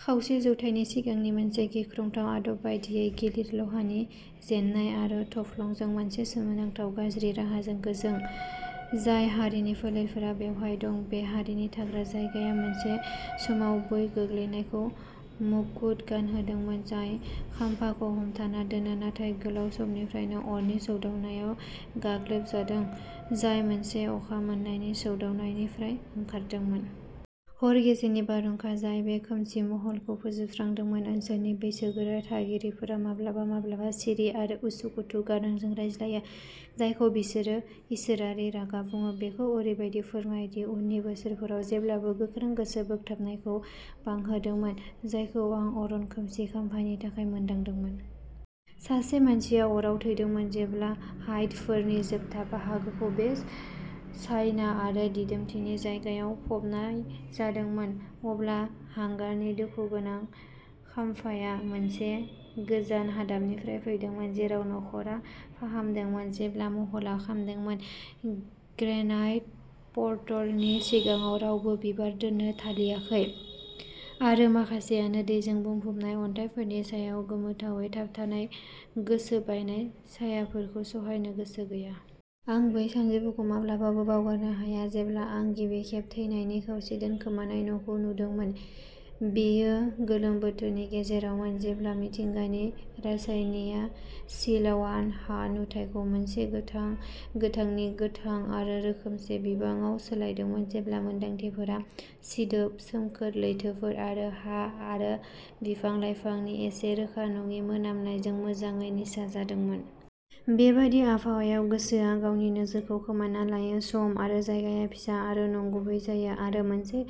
खावसे जौथायनि सिगांनि मोनसे गिख्रंथाव आदब बायदियै, गिलिर लहानि जेन्नाय आरो थफ्लंजों मोनसे सोमोनांथाव गाज्रि राहाजों गोजों। जाय हारिनि फोलेरफोरा बेवहाय दं, बे हारिनि थाग्रा जायगाया मोनसे समाव बै गोग्लैनायखौ मुखुत गानहोदोंमोन जाय खाम्फाखौ हमथाना दोनो, नाथाय गोबाव समनिफ्रायनो अरनि सौदावनायाव गाग्लोबजादोंमोन, जाय मोनसे अखा मोन्नायनि सौदावनायनिफ्राय ओंखारदोंमोन। हर गेजेरनि बारहुंखा जाय बे खोमसि महलखौ फोजोबस्रांदोंमोन, ओनसोलनि बैसोगोरा थागिरिफोरा माब्लाबा माब्लाबा सिरि आरो उसुखुथु गारांजों रायज्लायो, जायखौ बिसोरो इसोरारि रागा बुङो, बेखौ ओरैबायदि फोरमायो दि उननि बोसोरफोराव जेब्लाबो गोख्रों गोसो बोगथाबनायखौ बांहोदोंमोन जायखौ आं अरन खोमसि खाम्फानि थाखाय मोनदांदोंमोन। सासे मानसिया अराव थैदोंमोन। जेब्ला हाइडफोरनि जोबथा बाहागोखौ बे सायना आरो दिदोमथिनि जायगायाव फबनाय जादोंमोन, अब्ला हांगारानि दुखुगोनां खामफाआ मोनसे गोजान हादाबनिफ्राय फैदोंमोन, जेराव न'खरआ फाहामदोंमोन। जेब्ला महलआ खामदोंमोन। ग्रेनाइट पर्टेलनि सिगाङाव रावबो बिबार दोन्नो थालियाखै आरो माखासेआनो दैजों बुंफबनाय अन्थाइफोरनि सायाव गोमोथावै थाबथानाय गोसोबायनाय सायाफोरखौ सहायनो गोसो गैया। आं बै सानजौफुखौ माब्लाबाबो बावगारनो हाया जेब्ला आं गिबि खेब थैनायनि खावसे दोनखोमानाय न'खौ नुदोंमोन। बेयो गोलोम बोथोरनि गेजेरावमोन, जेब्ला मिथिंगानि रासायनिया सिलवान हा नुथायखौ मोनसे गोथां गोथांनि गोथां आरो रोखोमसे बिबाङाव सोलायदोंमोन, जेब्ला मोनदांथिफोरा सिदोब सोमखोर लैथोफोर आरो हा आरो बिफां लाइफांनि एसे रोखा नङि मोनामनायजों मोजाङै निसा जादोंमोन। बेबादि आबहावायाव गोसोआ गावनि नोजोरखौ खोमाना लायो, सम आरो जायगाया फिसा आरो नंगुबै जायो आरो मोनसे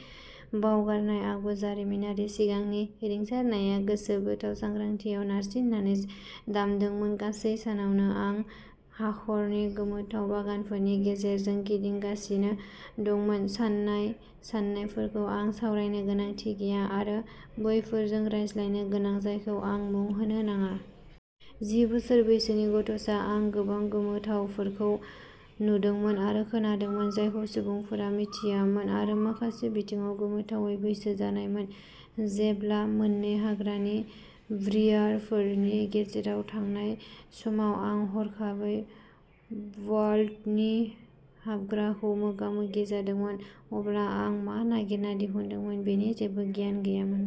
बावगारनाय आगु जारिमिनारि सिगांनि रिंसारनाया गोसोबोथाव सांग्रांथियाव नारसिननानै दामदोंमोन। गासै सानावनो आं हाखरनि गोमोथाव बागानफोरनि गेजेरजों गिदिंगासिनो दंमोन, साननाय साननायफोरखौ आं सावरायनो गोनांथि गैया आरो बैफोरजों रायज्लायनो गोनां जायखौ आं मुं होनो नाङा। जि बोसोर बैसोनि गथ'सा, आं गोबां गोमोथावफोरखौ नुदोंमोन आरो खोनादोंमोन, जायखौ सुबुंफोरा मिथियामोन आरो माखासे बिथिङाव गोमोथावै बैसो जानायमोन। जेब्ला, मोननै हाग्रानि ब्रियारफोरनि गेजेराव थांनाय समाव आं हरखाबै वाल्टनि हाबग्राखौ मोगा मोगि जादोंमोन, अब्ला आं मा नागिरना दिहुनदोंमोन बेनि जेबो गियान गैयामोन।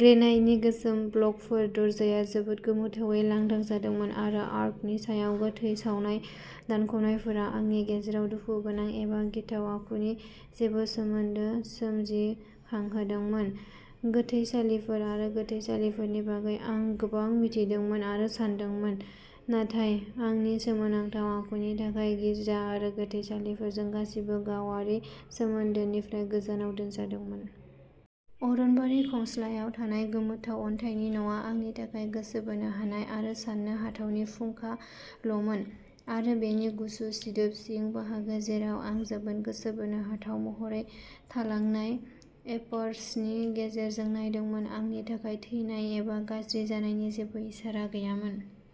ग्रेनाइटनि गोसोम ब्लकफोर, दरजाया जोबोद गोमोथावै लांदां जादोंमोन आरो आर्कनि सायाव गोथै सावनाय दानख'नायफोरा, आंनि गेजेराव दुखुगोनां एबा गिथाव आखुनि जेबो सोमोन्दो सोमजिहोदोंमोन। गोथैसालिफोर आरो गोथैसालिफोरनि बागै आं गोबां मिथिदोंमोन आरो सानदोंमोन, नाथाय आंनि सोमोनांथाव आखुनि थाखाय गिर्जा आरो गोथैसालिफोरजों गासैबो गावारि सोमोन्दोनिफ्राय गोजानाव दोनजादोंमोन। अरनबारि खंस्लायआव थानाय गोमोथाव अन्थाइनि न'आ आंनि थाखाय गोसो बोनो हानाय आरो सान्नो हाथावनि फुंखा ल'मोन आरो बेनि गुसु, सिदोब सिं बाहागो, जेराव आं जोबोद गोसो बोनो हाथाव महरै थालांनाय एपार्सारनि गेजेरजों नायदोंमोन, आंनि थाखाय थैनाय एबा गाज्रि जानायनि जेबो इसारा गैयामोन।